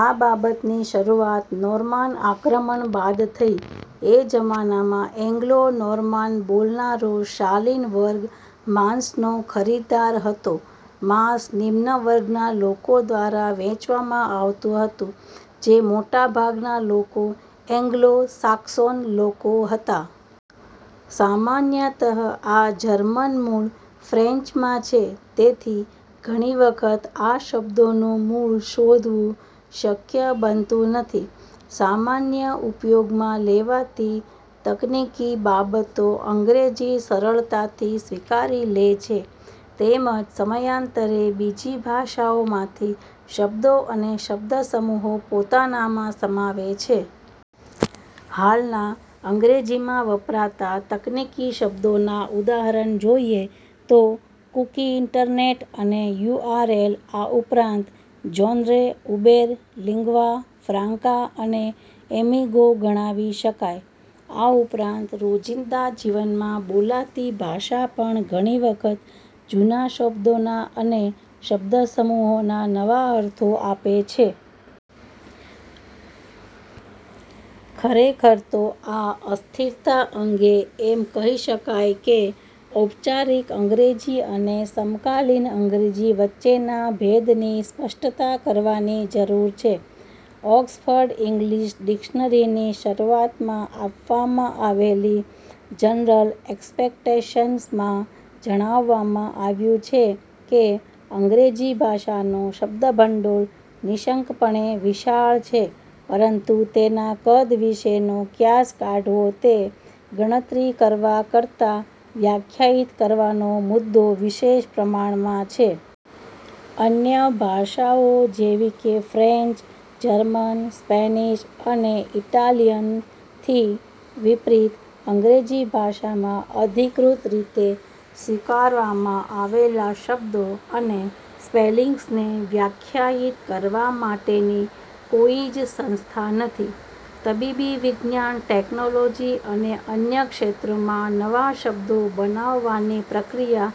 આ બાબતની શરૂઆત નોર્માન આક્રમણ બાદ થઇ. એ જમાનામાં એન્ગ્લો-નોર્માન બોલનારો શાલિન વર્ગ માંસનો ખરીદાર હતો. માંસ નિમ્ન વર્ગના લોકો દ્વારા વેચવામાં આવતું હતું. જે મોટા ભાગના લોકો એન્ગ્લો સાક્સોન લોકો હતા. સામાન્યતઃ આ જર્મન મૂળ ફ્રેન્ચમાં છે તેથી ઘણી વખત આ શબ્દોનું મૂળ શોધવું શક્ય બનતું નથી. સામાન્ય ઉપયોગમાં લેવાતી તકનિકી બાબતો અંગ્રેજી સરળતાથી સ્વીકારી લે છે. તેમજ સમયાંતરે બીજી ભાષાઓમાંથી શબ્દો અને શબ્દ સમૂહો પોતાનામાં સમાવે છે. હાલના અંગ્રેજીમાં વપરાતા તકનિકી શબ્દોનાં ઉદાહરણ જોઇએ તો કૂકી, ઇન્ટરનેટ અને યુઆરએલ આ ઉપરાંત જોન્રે, ઉબેર, લિન્ગ્વા ફ્રાન્કા અને એમિગો ગણાવી શકાય આ ઉપરાંત રોજિંદા જીવનમાં બોલાતી ભાષા પણ ઘણી વખત જૂના શબ્દોના અને શબ્દ સમૂહોના નવા અર્થો આપે છે. ખરેખર તો આ અસ્થિરતા અંગે એમ કહી શકાય કે ઔપચારિક અંગ્રેજી અને સમકાલિન અંગ્રેજી વચ્ચેના ભેદની સ્પષ્ટતા કરવાની જરૂર છે. ઓક્સફર્ડ ઇન્ગલિશ ડિક્શનરી ની શરૂઆતમાં આપવામાં આવેલી જનરલ એક્સપેક્ટેશન્સ માં ઝણાવવામાં આવ્યું છે કે: અંગ્રેજી ભાષાનો શબ્દભંડોળ નિઃશંકપણે વિશાળ છે પરંતુ તેના કદ વિશેનો ક્યાસ કાઢવો તે ગણતરી કરવા કરતાં વ્યાખ્યાયિત કરવાનો મુદ્દો વિશેષ પ્રમાણમાં છે. અન્ય ભાષાઓ જેવી કે ફ્રેન્ચ, જર્મન, સ્પેનિશ, અને ઇટાલિયન થી વિપરીત અંગ્રેજી ભાષામાં અધિકૃત રીતે સ્વીકારવામાં આવેલા શબ્દો અને સ્પેલિંગ્સને વ્યાખ્યાયિત કરવા માટેની કોઇ જ સંસ્થા નથી. તબીબી, વિજ્ઞાન, ટેકનોલોજી અને અન્ય ક્ષેત્રોમાં નવા શબ્દો બનાવવાની પ્રક્રિયા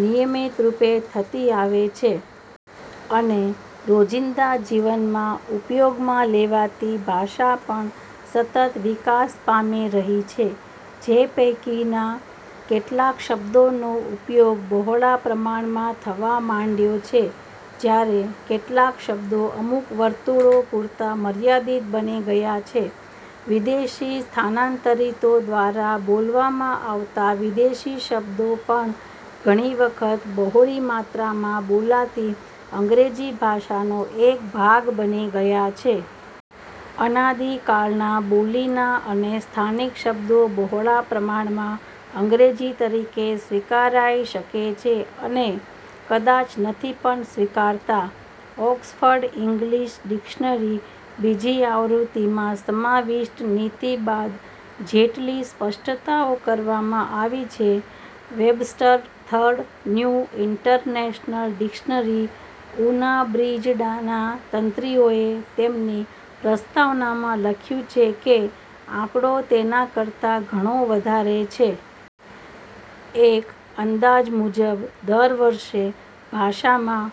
નિયમિતરૂપે થતી આવે છે. અને રોજિંદા જીવનમાં ઉપયોગમાં લેવાતી ભાષા પણ સતત વિકાસ પામી રહી છે. જે પૈકીના કેટલાક શબ્દોનો ઉપયોગ બહોલા પ્રમાણમાં થવા માંડ્યો છે; જ્યારે કેટલાક શબ્દો અમુક વર્તુળો પૂરતા મર્યાદિત બની ગયા છે. વિદેશી સ્થાનાંતરિતો દ્વારા બોલવામાં આવતા વિદેશી શબ્દો પણ ઘણી વખત બહોળી માત્રામાં બોલાતી અંગ્રેજી ભાષાનો એક ભાગ બની ગયા છે. અનાદિકાળના, બોલીના અને સ્થાનિક શબ્દો બહોળા પ્રમાણમાં "અંગ્રેજી" તરીકે સ્વીકારાઇ શકે છે અને કદાચ નથી પણ સ્વીકારતા. ઓક્સફર્ડ ઇન્ગલિશ ડિક્શનરી, બીજી આવૃત્તિ માં સમાવિષ્ટ નીતિ બાદ જેટલી સ્પષ્ટતાઓ કરવામાં આવી છે. Webster's Third New International Dictionary, ઉનાબ્રિજ્ડાના તંત્રીઓએ તેમની પ્રસ્તાવનામાં લખ્યું છે કે આંકડો તેના કરતાં ઘણો વધારે છે. એક અંદાજ મુજબ દર વર્ષે ભાષામાં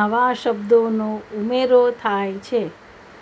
નવા શબ્દોનો ઉમેરો થાય છે.